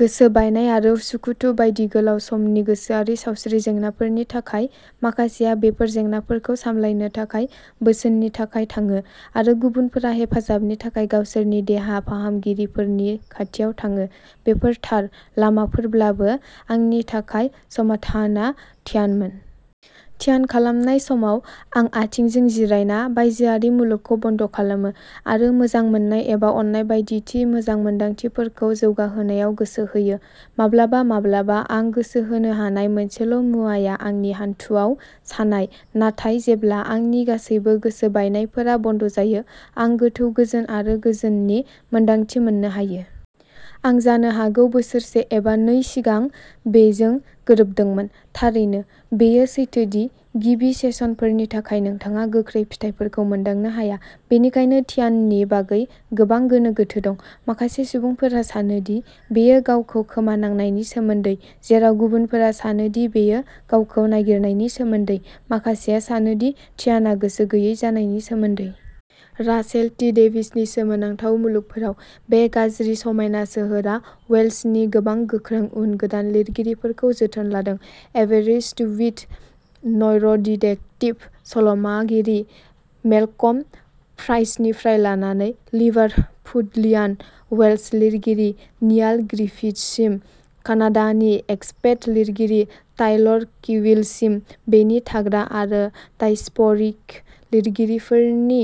गोसो बायनाय आरो उसुखुथु बायदि गोलाव समनि गोसोआरि सावस्रि जेंनाफोरनि थाखाय। माखासेया बेफोर जेंनाफोरखौ सामलायनो थाखाय बोसोननि थाखाय थाङो, आरो गुबुनफोरा हेफाजाबनि थाखाय गावसोरनि देहा फाहामगिरिफोरनि खाथियाव थाङो। बेफोर थार लामाफोरब्लाबो, आंनि थाखाय समाधानआ ध्यानमोन। ध्यान खालामनाय समाव, आं आथिंजों जिरायना, बायजोआरि मुलुगखौ बन्द'खालामो, आरो मोजां मोननाय एबा अननाय बायदि थि मोजां मोनदांथिफोरखौ जौगाहोनायाव गोसो होयो। माब्लाबा माब्लाबा आं गोसो होनो हानाय मोनसेल'मुवाया आंनि हान्थुआव सानाय, नाथाय जेब्ला आंनि गासैबो गोसो बायनायफोरा बन्द'जायो, आं गोथौ गोजोन आरो गोजोननि मोनदांथि मोननो हायो। आं जानो हागौ बोसोरसे एबा नै सिगां बेजों गोरोबदोंमोन। थारैनो, बेयो सैथो दि गिबि सेसनफोरनि थाखाय नोंथाङा गोख्रै फिथायफोरखौ मोनदांनो हाया। बेनिखायनो, ध्याननि बागै गोबां गोनो-गोथो दं। माखासे सुबुंफोरा सानो दि बेयो गावखौ खोमानांनायनि सोमोन्दै, जेराव गुबुनफोरा सानो दि बेयो गावखौ नागिरनायनि सोमोन्दै; माखासेया सानो दि ध्यानआ गोसो गैयै जानायनि सोमोन्दै। Russell T. डेभिसनि सोमोनांथाव मुलुगफोराव, "बे गाज्रि, समायना सोहोर" आ वेल्सनि गोबां गोख्रों उन-गोदान लिरगिरिफोरखौ जोथोन लादों। 'एबेरिष्टविथ न'इर'डिटेक्टिभ सल'मागिरि मेलकम प्राइसनिफ्राय लानानै लिभारपुडलियान वेल्श लिरगिरि नियाल ग्रिफिथ्ससिम, कानाडानि एक्सपेट लिरगिरि टाइलर किविलसिम, बेनि थाग्रा आरो डायस्प'रिक लिरगिरिफोरनि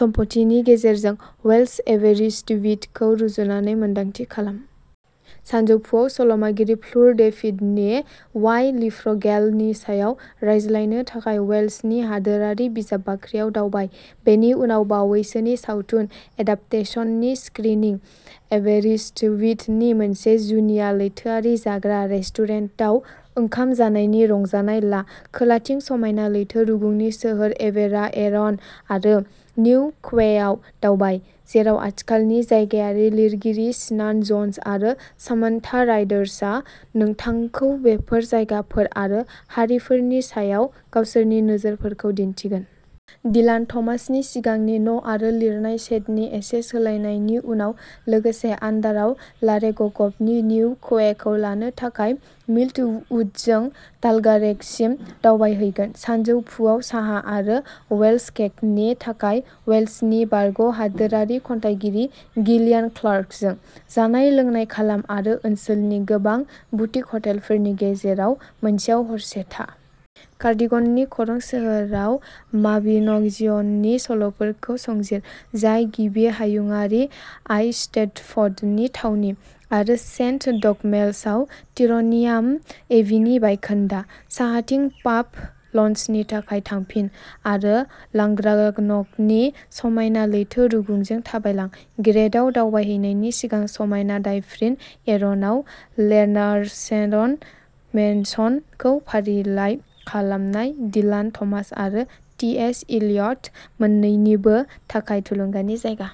सम्पथिनि गेजेरजों वेल्श एबेरिष्टविथखौ रुजुजायै मोन्दांथि खालाम। सानजौफुआव, सल'मागिरि फ्लुर डेफिडनि वाई लिफ्रगेल नि सायाव रायज्लायनो थाखाय वेल्सनि हादोरारि बिजाब बाख्रियाव दावबाय, बेनि उनाव बावैसोनि सावथुन एडाप्टेसननि स्क्रिनिं। एबेरिष्टविथनि मोनसे जुनिया लैथोआरि जाग्रा रेस्टुरेन्टाव ओंखाम जानायनि रंजानाय ला। खोलाथिं समायना लैथो रुगुंनि सोहोर एबेराएरन आरो निउ क्वेआव दावबाय, जेराव आथिखालनि जायगायारि लिरगिरि सिनान जन्स आरो सामन्था राइडार्चआ नोंथांखौ बेफोर जायगाफोर आरो हारिफोरनि सायाव गावसोरनि नोजोरफोरखौ दिन्थिगोन। डिलान थमासनि सिगांनि न'आरो लिरनाय सेडनि एसे सोलायनायनि उनाव, लोगोसे'आन्डार'आव लारेगगबनि निउ क्वेखौ लानो थाखाय। मिल्क वुड ', जों टालगारेगसिम दावबायहैगोन सानजौफुआव साहा आरो वेल्स केकनि थाखाय वेल्सनि बारग'हादोरारि खन्थाइगिरि गिलियान क्लार्कजों। जानाय-लोंनाय खालाम आरो ओनसोलनि गोबां बुटिक हटेलफोरनि गेजेराव मोनसेयाव हरसे था। कार्डिगननि खरं सोहोराव माबिन'जिय'ननि सल'फोरखौ संजिर, जाय गिबि हायुंआरि आइस्टेडफ'डनि थावनि, आरो सेन्ट डगमेल्सआव टिर'नियान एबीनि बायखोन्दा। साहाथिं पाब लञ्चनि थाखाय थांफिन आरो ल्लांग्रान'गनि समायना लैथो रुगुंजों थाबायलां, ग्रेड आव दावबायहैनायनि सिगां समायना डाइफ्रिन एर'नआव ल्लेनारचेरन मेनसनखौ फारिलाइ खालामनाय-डिलान थमास आरो टीएस इलियट मोन्नैनिबो थाखाय थुलुंगानि जायगा।